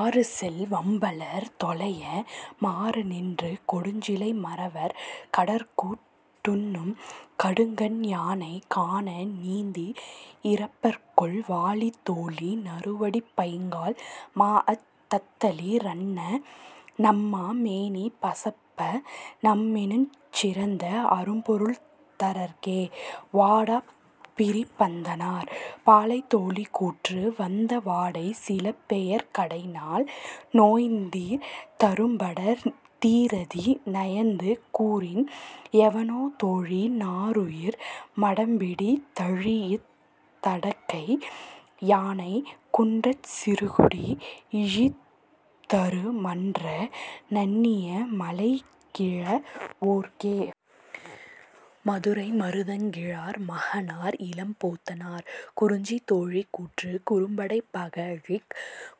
ஆறுசெல் வம்பலர் தொலைய மாறுநின்று கொடுஞ்சிலை மறவர் கடறுகூட் டுண்ணும் கடுங்கண் யானைக் கான நீந்தி இரப்பர்கொல் வாழி தோழி நறுவடிப் பைங்கால் மாஅத் தந்தளி ரன்ன நன்மா மேனி பசப்ப நம்மினுஞ் சிறந்த அரும்பொருள் தரற்கே. -வாடாப் பிரபந்தனார்.. பாலை தோழி கூற்று வந்த வாடைச் சில்பெயற் கடைநாள் நோய்நீந் தரும்படர் தீரநீ நயந்து கூறின் எவனோ தோழி நாறுயிர் மடப்பிடி தழீஇத் தடக்கை யானை குன்றச் சிறுகுடி யிழிதரு மன்ற நண்ணிய மலைகிழ வோற்கே. -மதுரை மருதங்கிழார் மகனார் இளம்போத்தனார்.. குறிஞ்சி தோழி கூற்று குறும்படைப் பகழிக்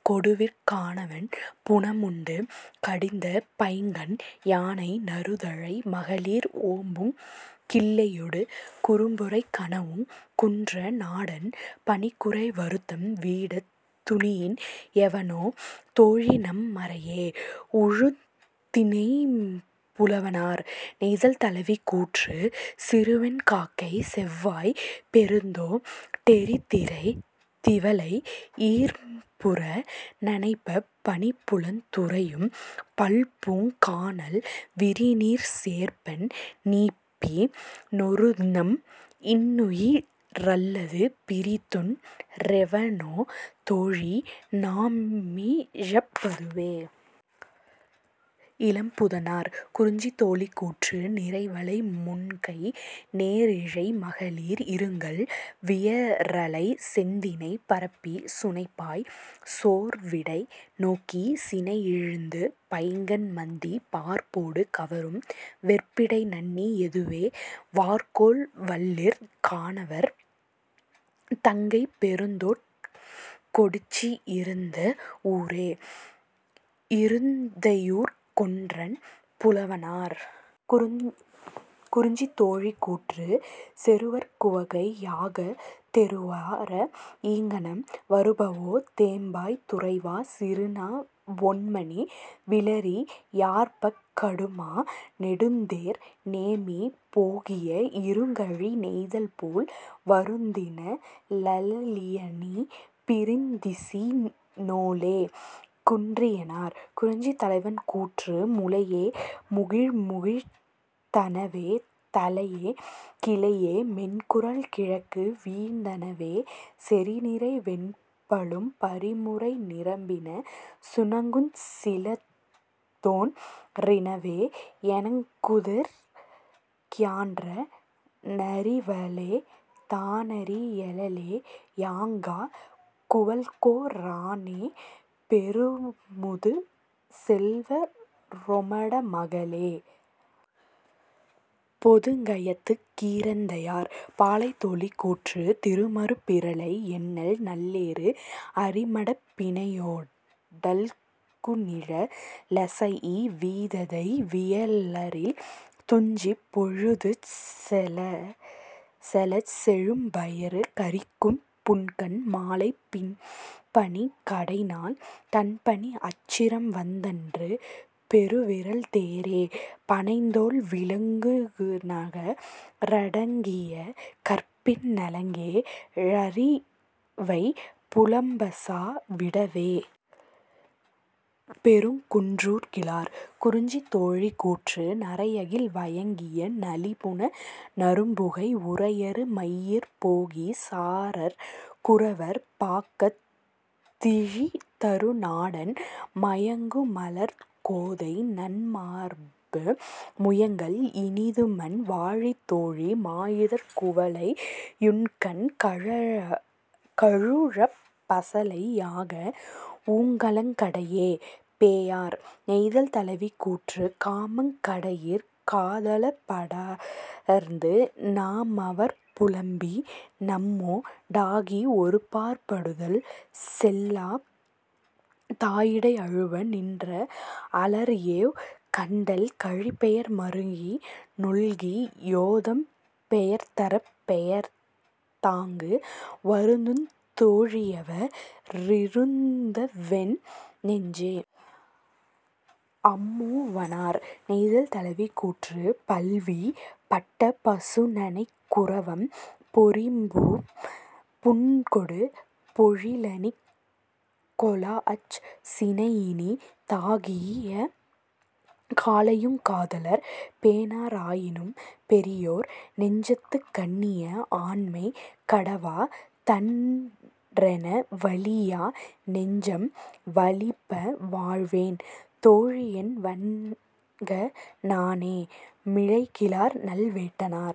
கொடுவிற் கானவன் புனமுண்டு கடிந்த பைங்கண் யானை நறுந்தழை மகளிர் ஓப்புங் கிள்ளையொடு குறும்பொறைக் கணவுங் குன்ற நாடன் பணிக்குறை வருத்தம் வீடத் துணியின் எவனோ தோழிநம் மறையே. -உழுந்தினைம்புலவனார்.. நெய்தல் தலைவி கூற்று சிறுவெண் காக்கைச் செவ்வாய்ப் பெருந்தோ டெறிதிரைத் திவலை யீர்ம்புற நனைப்பப் பனிபுலந் துறையும் பல்பூங் கானல் விரிநீர்ச் சேர்ப்பன் நீப்பி னொருநம் இன்னுயி ரல்லது பிறிதொன் றெவனோ தோழி நாமிழப் பதுவே. -இளம்பூதனார்.. குறிஞ்சி தோழி கூற்று நிரைவளை முன்கை நேரிழை மகளிர் இருங்கல் வியலறைச் செந்தினை பரப்பிச் சுனைபாய் சோர்விடை நோக்கிச் சினையிழிந்து பைங்கண் மந்தி பார்ப்போடு கவரும் வெற்பிடை நண்ணி யதுவே வார்கோல் வல்விற் கானவர் தங்கைப் பெருந்தோட் கொடிச்சி யிருந்த வூரே. -இருந்தையூர்க் கொற்றன் புலவனார்.. குறிஞ்சி தோழி கூற்று செறுவர்க் குவகை யாகத் தெறுவர ஈங்கனம் வருபவோ தேம்பாய் துறைவ சிறுநா வொண்மணி விளரி யார்ப்பக் கடுமா நெடுந்தேர் நேமி போகிய இருங்கழி நெய்தல் போல வருந்தின ளளியணீ பிரிந்திசி னோளே. -குன்றியனார்.. குறிஞ்சி தலைவன் கூற்று முலையே முகிழ்முகிழ்த் தனவே தலையே கிளைஇய மென்குரல் கிழக்கு வீழ்ந் தனவே செறிநிரை வெண்பலும் பறிமுறை நிரம்பின சுணங்குஞ் சிலதோன் றினவே யணங்குதற் கியான்ற னறிவலே தானறி யலளே யாங்கா குவள்கொ றானே பெருமுது செல்வ ரொருமட மகளே. -பொதுக்கயத்துக் கீரந்தையார்.. பாலை தோழி கூற்று திரிமருப் பிரலை யண்ணல் நல்லேறு அரிமடப் பிணையோ டல்குநிழ லசைஇ வீததை வியலரில் துஞ்சிப் பொழுதுசெலச் செழும்பயறு கறிக்கும் புன்கண் மாலைப் பின்பனிக் கடைநாள் தண்பனி அச்சிரம் வந்தன்று பெருவிறல் தேரே பணைத்தோள் விளங்குநக ரடங்கிய கற்பின் நலங்கே ழரிவை புலம்பசா விடவே. -பெருங்குன்றூர்கிழார்.. குறிஞ்சி தோழி கூற்று நறையகில் வயங்கிய நளிபுன நறும்புகை உறையறு மையிற் போகிச் சாரற் குறவர் பாக்கத் திழிதரு நாடன் மயங்குமலர்க் கோதை நன்மார்பு முயங்கல் இனிதுமன் வாழி தோழி மாயிதழ்க் குவளை யுண்கண் கலுழப் பசலை யாகா வூங்கலங் கடையே. -பேயார்.. நெய்தல் தலைவி கூற்று காமங் கடையிற் காதலர்ப் படர்ந்து நாமவர்ப் புலம்பி னம்மோ டாகி ஒருபாற் படுதல் செல்லா தாயிடை அழுவ நின்ற அலர்வேய் கண்டல் கழிபெயர் மருங்கி னொல்கி யோதம் பெயர்தரப் பெயர்தந் தாங்கு வருந்துந் தோழியவ ரிருந்தவென் நெஞ்சே. -அம்மூவனார்.. நெய்தல் தலைவி கூற்று பல்வீ பட்ட பசுநனைக் குரவம் பொரிப்பூம் புன்கொடு பொழிலணிக் கொளாஅச் சினையினி தாகிய காலையுங் காதலர் பேணா ராயினும் பெரியோர் நெஞ்சத்துக் கண்ணிய ஆண்மை கடவ தன்றென வலியா நெஞ்சம் வலிப்ப வாழ்வேன் தோழியென் வன்க ணானே. -மிளைகிழார் நல்வேட்டனார்..